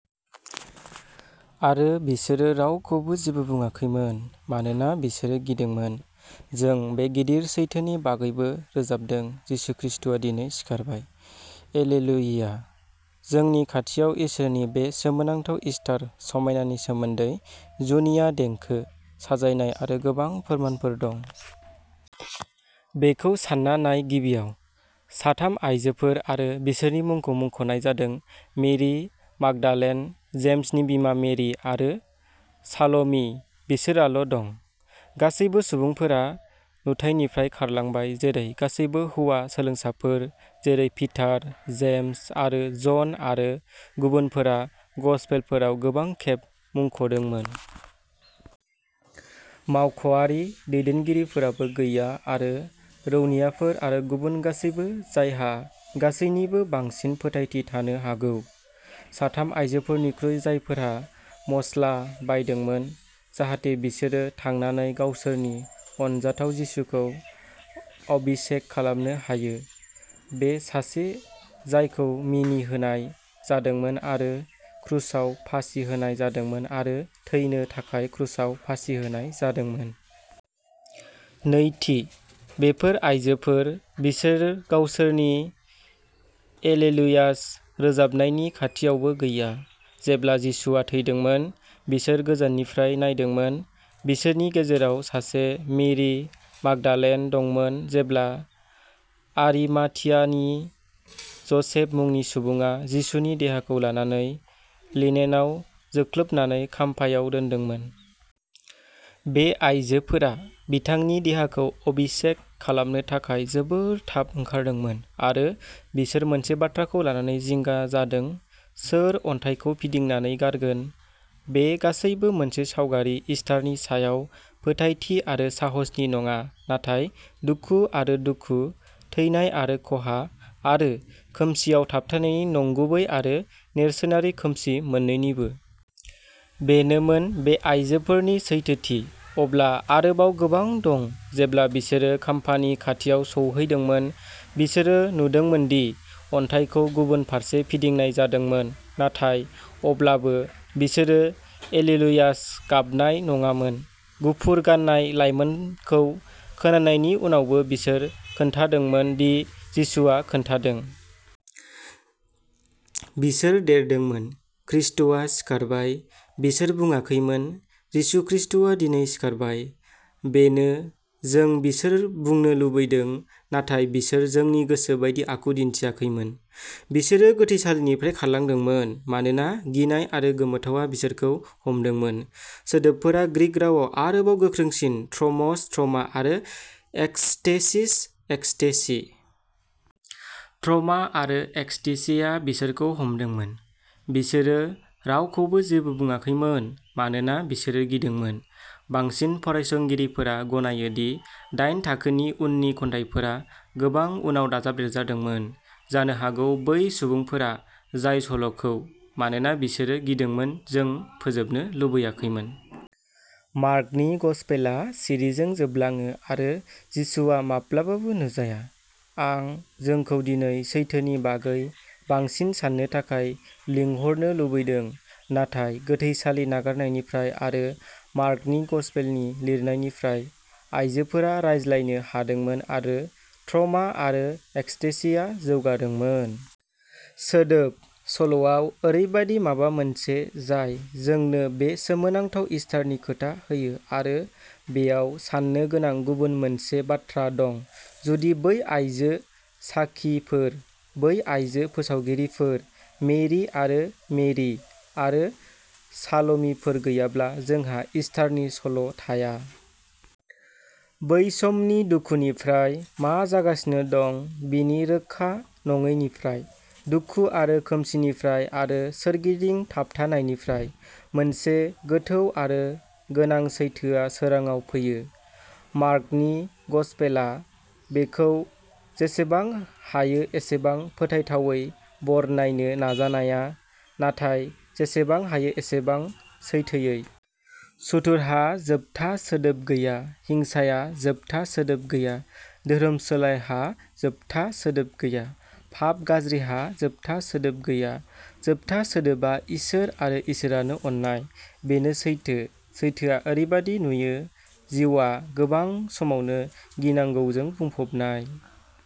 आरो बिसोरो रावखौबो जेबो बुङाखैमोन, मानोना बिसोरो गिदोंमोन। जों बे गिदिर सैथोनि बागैबो रोजाबदों यीशु खृष्टआ दिनै सिखारबाय, एलेलुयिया। जोंनि खाथियाव इसोरनि बे सोमोनांथाव इस्टार समायनानि सोमोन्दै जुनिया देंखो, साजायनाय आरो गोबां फोरमानफोर दं। बेखौ सानना नाय गिबियाव, साथाम आयजोफोर आरो बिसोरनि मुंखौ मुंख'नाय जादों, मेरि मागदालेन, जेम्सनि बिमा मेरि आरो साल'मि बेसोराल' दं। गासैबो सुबुंफोरा नुथाइनिफ्राय खारलांबाय, जेरै गासैबो हौवा सोलोंसाफोर जेरै पिटार, जेम्स आरो जन आरो गुबुनफोरा गस्पेलफोराव गोबां खेब मुंख'दोंमोन। मावख'आरि दैदेनगिरिफोराबो गैया आरो रौनियाफोर आरो गुबुन गासैबो जायहा गासैनिबो बांसिन फोथायथि थानो हागौ, साथाम आयजोफोरनिख्रुइ जायफोरा मस्ला बायदोंमोन जाहाथे बिसोरो थांनानै गावसोरनि अनजाथाव जिसुखौ अभिषेक खालामनो हायो, बे सासे जायखौ मिनिहोनाय जादोंमोन आरो क्रुसाव फासि होनाय जादोंमोन आरो थैनो थाखाय क्रुसाव फासि होनाय जादोंमोन। नैथि, बेफोर आयजोफोर। बिसोर गावसोरनि एलेलुयास रोजाबनायनि खाथियावबो गैया। जेब्ला जिसुआ थैदोंमोन, बिसोर गोजाननिफ्राय नायदोंमोन। बिसोरनि गेजेराव सासे, मेरि माग्दालेन, दंमोन जेब्ला आरिमाथियानि ज'सेफ मुंनि सुबुङा जिसुनि देहाखौ लानानै लिनेनआव जोख्लोबनानै खाम्फायाव दोनदोंमोन। बे आइजोफोरा बिथांनि देहाखौ अभिषेक खालामनो थाखाय जोबोद थाब ओंखारदोंमोन आरो बिसोर मोनसे बाथ्राखौ लानानै जिंगा जादों, सोर अन्थाइखौ फिदिंनानै गारगोन? बे गासैबो मोनसे सावगारि इस्टारनि सायाव फोथायथि आरो साहसनि नङा नाथाय दुखु आरो दुखु, थैनाय आरो खहा, आरो खोमसिआव थाबथानायनि नंगुबै आरो नेरसोनारि खोमसि मोन्नैनिबो। बेनोमोन बे आइजोफोरनि सैथोथि। अब्ला आरोबाव गोबां दं। जेब्ला बिसोरो खाम्फानि खाथियाव सौहैदोंमोन, बिसोरो नुदोंमोन दि अन्थाइखौ गुबुन फारसे फिदिंनाय जादोंमोन। नाथाय अब्लाबो, बिसोरो एलेलुयास गाबनाय नङामोन। गुफुर गान्नाय लाइमोनखौ खोनानायनि उनावबो बिसोर खोन्थादोंमोन दि जिसुआ खोन्थादों। बिसोर देरदोंमोन, खृष्टआ सिखारबाय! बिसोर बुङाखैमोन, जिसु ख्रीष्टआ दिनै सिखारबाय! बेनो जों बिसोर बुंनो लुबैदों, नाथाय बिसोर जोंनि गोसो बायदि आखु दिन्थियाखैमोन। बिसोरो गोथैसालिनिफ्राय खारलांदोंमोन मानोना गिनाय आरो गोमोथावआ बिसोरखौ हमदोंमोन। सोदोबफोरा ग्रीक रावाव आरोबाव गोख्रोंसिन ट्रम'स ट्रमा आरो एक्सटेसिस एक्सटेसि। ट्रमा आरो एक्सटेसिया बिसोरखौ हमदोंमोन। बिसोरो रावखौबो जेबो बुंङाखैमोन, मानोना बिसोरो गिदोंमोन। बांसिन फरायसंगिरिफोरा गनायो दि दाइन थिखिनि उननि खन्थाइफोरा गोबां उनाव दाजाबदेरजादोंमोन, जानो हागौ बै सुबुंफोरा जाय सल'खौ मानोना बिसोरो गिदोंमोन जों फोजोबनो लुबैयाखैमोन। मार्कनि गसपेलआ सिरिजों जोबलाङो आरो जिसुआ माब्लाबाबो नुजाया। आं जोंखौ दिनै सैथोनि बागै बांसिन साननो थाखाय लिंहरनो लुबैदों। नाथाय गोथैसालि नागारनायनिफ्राय आरो मार्कनि गसपेलनि लिरनायनिफ्राय, आइजोफोरा रायज्लायनो हादोंमोन आरो ट्रमा आरो एक्सटेसिया जौगादोंमोन। सोदोब, सल'आव, ओरैबायदि माबा मोनसे जाय जोंनो बे सोमोनांथाव इस्टारनि खोथा होयो। आरो बेयाव साननो गोनां गुबुन मोनसे बाथ्रा दं जुदि बै आइजो साखिफोर, बै आइजो फोसावगिरिफोर, मेरि आरो मेरि आरो साल'मिफोर गैयाब्ला, जोंहा इस्टारनि सल'थाया। बै समनि दुखुनिफ्राय, मा जागासिनो दं बेनि रोखा नङैनिफ्राय, दुखु आरो खोमसिनिफ्राय आरो सोरगिदिं थाबथानायनिफ्राय, मोनसे गोथौ आरो गोनां सैथोआ सोराङाव फैयो। मार्कनि गसपेलआ बेखौ जेसेबां हायो एसेबां फोथायथावै बरनायनो नाजानाया, नाथाय जेसेबां हायो एसेबां सैथोयै। सुथुरहा जोबथा सोदोब गैया। हिंसाया जोबथा सोदोब गैया। धोरोमस्लायहा जोबथा सोदोब गैया। पाप, गाज्रिहा जोबथा सोदोब गैया। जोबथा सोदोबा इसोर आरो इसोरानो अननाय। बेनो सैथो। सैथोआ ओरैबादि नुयो जिउआ गोबां समावनो गिनांगौजों बुंफबनाय।